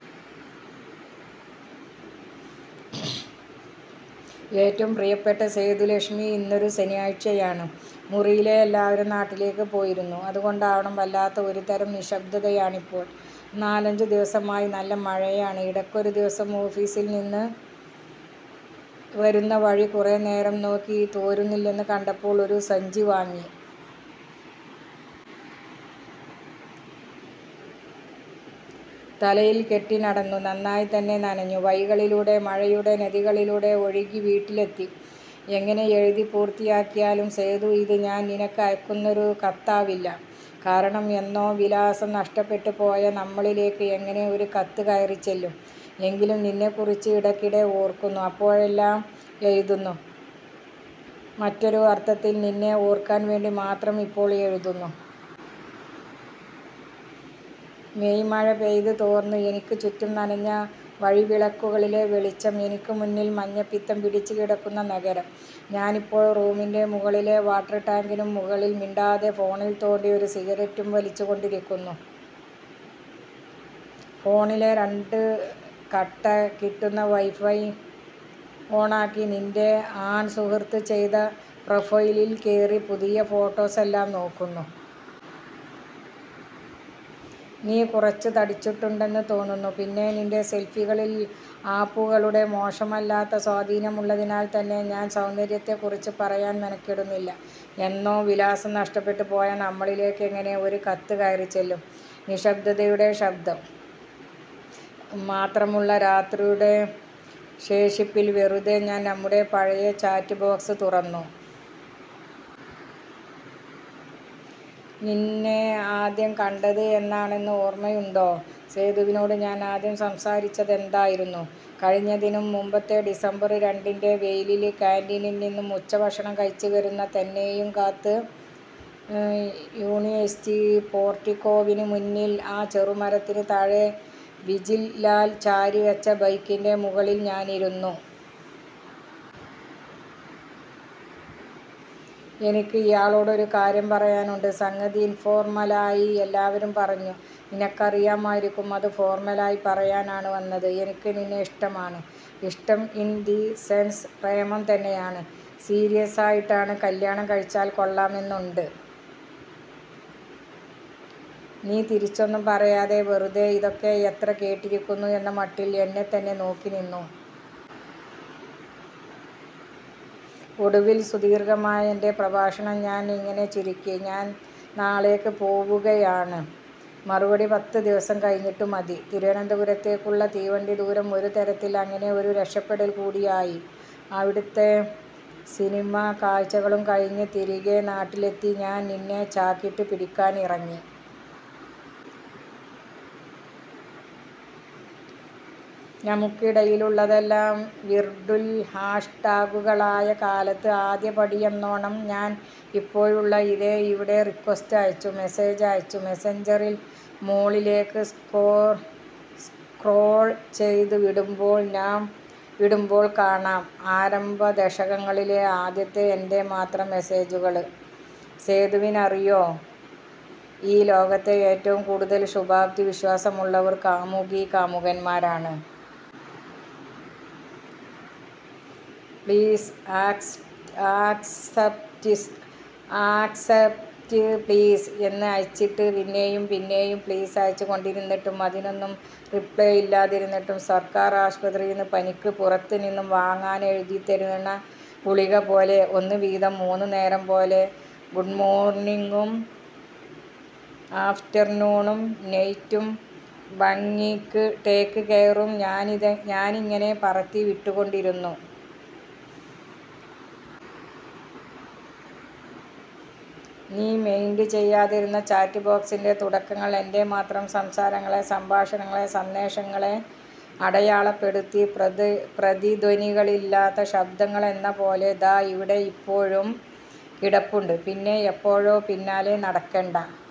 ഏറ്റവും പ്രിയപ്പെട്ട സേതുലക്ഷ്മി, ഇന്നൊരു ശനിയാഴ്ചയാണ്. മുറിയിലെ എല്ലാവരും നാട്ടിലേക്ക് പോയിരിക്കുന്നു. അതുകൊണ്ടാവണം വല്ലാത്ത ഒരുതരം നിശബ്ദതയാണിപ്പോൾ. നാലഞ്ചു ദിവസമായി നല്ല മഴയാണ്. ഇടയ്ക്ക് ഒരു ദിവസം ഓഫീസില്‍ നിന്ന് വരുന്ന വഴി കുറെ നേരം നോക്കി. തോരുന്നില്ലെന്നു കണ്ടപ്പോള്‍ ഒരു സഞ്ചി വാങ്ങി. തലയില്‍ കെട്ടി നടന്നു. നന്നായിത്തന്നെ നനഞ്ഞു. വഴികളിലൂടെ, മഴയുടെ നദികളിലൂടെ ഒഴുകി വീട്ടിലെത്തി. എങ്ങനെ എഴുതി പൂര്‍ത്തിയാക്കിയാലും സേതു. ഇത് ഞാന്‍ നിനക്ക് അയക്കുന്നൊരു കത്താവില്ല. കാരണം എന്നോ വിലാസം നഷ്ടപ്പെട്ട് പോയ നമ്മളിലേക്ക് എങ്ങനെ ഒരു കത്ത് കയറിച്ചെല്ലും? എങ്കിലും നിന്നെക്കുറിച്ചു ഇടയ്ക്കിടെ ഓര്‍ക്കുന്നു, അപ്പോഴെല്ലാം എഴുതുന്നു, മറ്റൊരുഅർത്തത്തിൽ നിന്നെ ഓര്‍ക്കാന്‍ വേണ്ടി മാത്രം ഇപ്പോള്‍ എഴുതുന്നു. മേയ് മഴ പെയ്ത് തോര്‍ന്ന് എനിക്ക് ചുറ്റും, നനഞ്ഞ വഴിവിളക്കുകളിലെ വെളിച്ചം. എനിക്ക് മുന്നില്‍ മഞ്ഞപ്പിത്തം പിടിച്ചു കിടക്കുന്ന നഗരം. ഞാനിപ്പോൾ റൂമിന്റെ മുകളിലെ വാട്ടര്‍ ടാങ്കിനും മുകളില്‍ മിണ്ടാതെ ഫോണില്‍ തോണ്ടി ഒരു സിഗരറ്റും വലിച്ചു കൊണ്ടിരിക്കുന്നു. ഫോണിലെ ' രണ്ടു കട്ട ' കിട്ടുന്ന വൈഫൈ ഓണാക്കി നിന്‍റെ ആൺ സുഹൃത്ത് ചെയ്ത പ്രൊഫൈലിൽ കേറി പുതിയ ഫോട്ടോസെല്ലാം നോക്കുന്നു. നീ കുറച്ചു തടിച്ചിട്ടുണ്ടെന്നു തോന്നുന്നു. പിന്നെ നിന്‍റെ സെൽഫികളിൽ ആപ്പുകളുടെ മോശമല്ലാത്ത സ്വാധീനമുള്ളതിനാൽ തന്നെ ഞാന്‍ സൗന്ദര്യത്തെക്കുറിച്ചു പറയാന്‍ മെനക്കെടുന്നില്ല. എന്നോ വിലാസം നഷ്ടപ്പെട്ട് പോയ നമ്മളിലേക്ക് എങ്ങനെ ഒരു കത്ത് കയറിച്ചെല്ലും? നിശ്ശബ്ദതയുടെ ശബ്ദം മാത്രമുള്ള രാത്രിയുടെ ശേഷിപ്പിൽ വെറുതെ ഞാന്‍ നമ്മുടെ പഴയ ചാറ്റ് ബോക്സ് തുറന്നു. നിന്നെ ആദ്യം കണ്ടത് എന്നാണെന്നു ഓര്മ്മയുണ്ടോ? സേതുവിനോട് ഞാന്‍ ആദ്യം സംസാരിച്ചതെന്തായിരുന്നു? കഴിഞ്ഞതിനും മുമ്പത്തെ ഡിസംബര്‍ രണ്ടിന്‍റെ വെയിലില് കാന്‍റീനില്‍ നിന്നും ഉച്ചഭക്ഷണം കഴിച്ചു വരുന്ന തന്നെയും കാത്ത് യൂണിവേഴ്സിറ്റി പോർട്ടിക്കോവിന് മുന്നില്‍, ആ ചെറുമരത്തിനു താഴെ വിജിൽ ലാല്‍ ചാരി വെച്ച ബൈക്കിന്‍റെ മുകളില്‍ ഞാനിരുന്നു. ' എനിക്ക് ഇയാളോട് ഒരു കാര്യം പറയാനുണ്ട്. സംഗതി ഇൻഫോർമലായി എല്ലാവരും പറഞ്ഞു നിനക്കറിയാമായിരിക്കും. അത് ഫോർമലായ് പറയാന്‍ ആണ് വന്നത്. എനിക്ക് നിന്നെ ഇഷ്ടമാണ്. ഇഷ്ടം ഇന്‍ ദി സെന്‍സ് പ്രേമം തന്നെയാണ്. സീരിയസായിട്ടാണ്. കല്യാണം കഴിച്ചാല്‍ കൊള്ളാമെന്നുണ്ട് ' നീ തിരിച്ചൊന്നും പറയാതെ വെറുതേ ' ഇതൊക്കെ എത്ര കേട്ടിരിക്കുന്നു ' എന്ന മട്ടില്‍ എന്നെത്തന്നെ നോക്കി നിന്നു. ഒടുവില്‍ സുദീര്‍ഘമായ എന്‍റെ പ്രഭാഷണം ഞാന്‍ ഇങ്ങനെ ചുരുക്കി: ' ഞാന്‍ നാളെയ്ക്ക് പോവുകയാണ്. മറുപടി പത്തു ദിവസം കഴിഞ്ഞിട്ടു മതി ' തിരുവനന്തപുരത്തേക്കുള്ള തീവണ്ടിദൂരം ഒരു തരത്തില്‍ അങ്ങനെ ഒരു രക്ഷപ്പെടല്‍ കൂടിയായി. അവിടത്തെ സിനിമാ കാഴ്ചകളും കഴിഞ്ഞു തിരികെ നാട്ടിലെത്തി ഞാന്‍ നിന്നെ ചാക്കിട്ടു പിടിക്കാനിറങ്ങി. നമുക്കിടയിലുള്ളതെല്ലാം വീർട്യുൽ ഹാഷ് ടാഗുകളായ കാലത്ത്, ആദ്യപടിയെന്നോണം ഞാന്‍ ഇപ്പോഴുള്ള ഇതേ ഇവിടെ റിക്വസ്റ്റ് അയച്ചു, മെസ്സേജ് അയച്ചു, മെസ്സഞ്ചറിന്റെ മോളിലേക്ക് സ്ക്രോള്‍ ചെയ്തു വിടുമ്പോള്‍ കാണാം ആരംഭദശകങ്ങളിലെ ആദ്യത്തെ എന്‍റെ മാത്രം മെസ്സേജുകള്! സേതുവിനറിയോ ഈ ലോകത്തെ ഏറ്റവും കൂടുതല്‍ ശുഭാപ്തി വിശ്വാസമുള്ളവർ കാമുകികാമുകന്മാരാണ്. ' പ്ലീസ്, ആക്സി ആക്സപ്റ്റ് പ്ലീസ് 'എന്നു അയച്ചിട്ട്, പിന്നെയും പിന്നെയും ' പ്ലീസ് ' അയച്ചു കൊണ്ടിരുന്നിട്ടും അതിനൊന്നും റിപ്ലെ ഇല്ലാതിരുന്നിട്ടും സര്‍ക്കാര്‍ ആശുപത്രീന്ന് പനിക്ക് പുറത്തു നിന്ന് വാങ്ങനെഴുതിത്തരണ ഗുളിക പോലെ ' ഒന്നു വീതം മൂന്നുനേരം ' പോലെ ഗൂഡമോർണിങ്ങും, ആഫ്റ്റർനൂണും, നൈറ്റും ഭംഗിക്ക് ടേക്ക് കെയറും ഞാനിങ്ങനെ പറത്തി വിട്ടുകൊണ്ടിരുന്നു. നീ മൈന്ഡ് ചെയ്യാതിരുന്ന ചാറ്റ് ബോക്സിന്‍റെ തുടക്കങ്ങള്‍, എന്‍റെ മാത്രം സംസാരങ്ങളെ, സംഭാഷണങ്ങളെ, സന്ദേശങ്ങളെ അടയാളപ്പെടുത്തി പ്രതിധ്വനികളില്ലാത്ത ശബ്ദങ്ങളെന്ന പോലെ ദാ ഇവിടെയിപ്പോഴും കിടപ്പുണ്ട്. പിന്നെ എപ്പോഴോ ' പിന്നാലെ നടക്കേണ്ട.